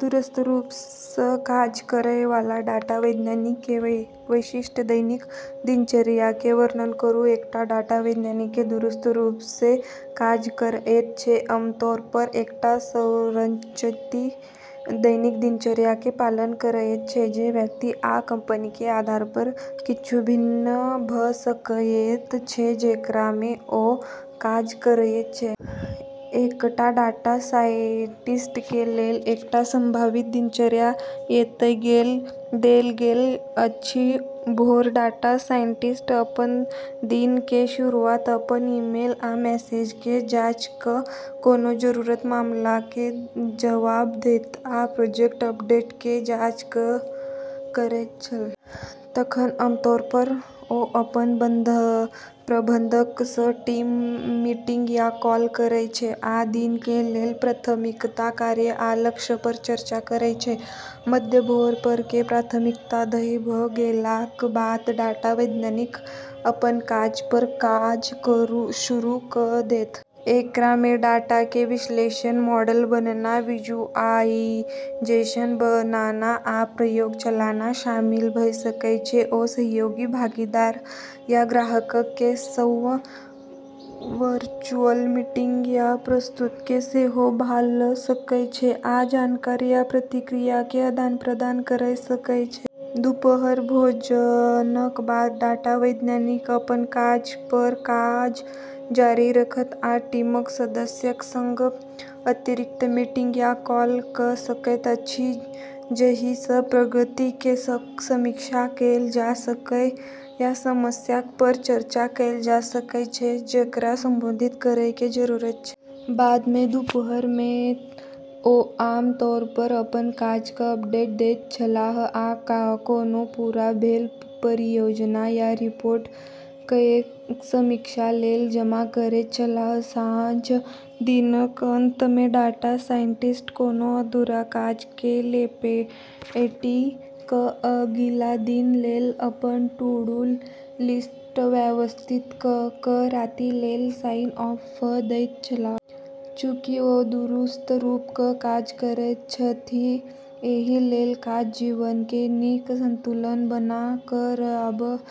दूरस्थ रूप सं काज करय वाला डाटा वैज्ञानिक कें विशिष्ट दैनिक दिनचर्या कें वर्णन करूं. एकटा डाटा वैज्ञानिक जे दूरस्थ रूप सं काज करएयत छै, आमतौर पर एकटा संरचित दैनिक दिनचर्या कें पालन करएयत छै, जे व्यक्ति आ कंपनी कें आधार पर किछु भिन्न भ सकएयत छै, जेकरा मे ओ काज करएयत छै. एकटा डाटा साइंटिस्ट के लेल एकटा संभावित दिनचर्या एतय देल गेल अछि: भोर: डाटा साइंटिस्ट अपन दिन के शुरुआत अपन ईमेल आ मैसेज के जांच क, कोनो जरूरी मामला के जवाब दैत आ प्रोजेक्ट अपडेट के जांच क करैत छल. तखन, आमतौर पर ओ अपन प्रबंधक सं टीम मीटिंग या कॉल करय छै आ दिन कें लेल प्राथमिकता, कार्य आ लक्ष्य पर चर्चा करय छै. मध्य भोर: दिन के प्राथमिकता तय भ गेलाक बाद डाटा वैज्ञानिक अपन काज पर काज शुरू क देत। एकरा मे डाटा कें विश्लेषण, मॉडल बनाना, विजुअलाइजेशन बनाना, आ प्रयोग चलाना शामिल भ सकय छै. ओ सहयोगी, भागीदार या ग्राहकक कें संग वर्चुअल मीटिंग या प्रस्तुति मे सेहो भाग ल सकय छै आ जानकारी आ प्रतिक्रिया कें आदान-प्रदान करय सकय छै. दुपहर: भोजनक बाद डाटा वैज्ञानिक अपन काज पर काज जारी राखत, आ टीमक सदस्यक संग अतिरिक्त मीटिंग या कॉल क सकैत अछि जाहि सं प्रगति कें समीक्षा कैल जा सकय या समस्याक पर चर्चा कैल जा सकय छै जकरा संबोधित करय कें जरूरत छै. बाद मे दुपहर मे ओ आम तौर पर अपन काज क अपडेट दैत छलाह आ कोनो पूरा भेल परियोजना या रिपोर्ट कए समीक्षा लेल जमा करैत छलाह। साँझ: दिनक अंत मे डाटा साइंटिस्ट कोनो अधूरा काज केँ लपेटि क' अगिला दिनक लेल अपन टू-डू लिस्ट व्यवस्थित क' क' राति लेल साइन ऑफ क' दैत छलाह. चूँकि ओ दूरस्थ रूप सं काज करैत छथि, एहि लेल काज-जीवन के नीक संतुलन बना क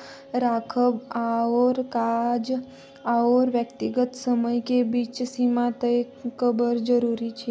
राखब आओर काज आओर व्यक्तिगत समय के बीच सीमा तय करब जरूरी अछि.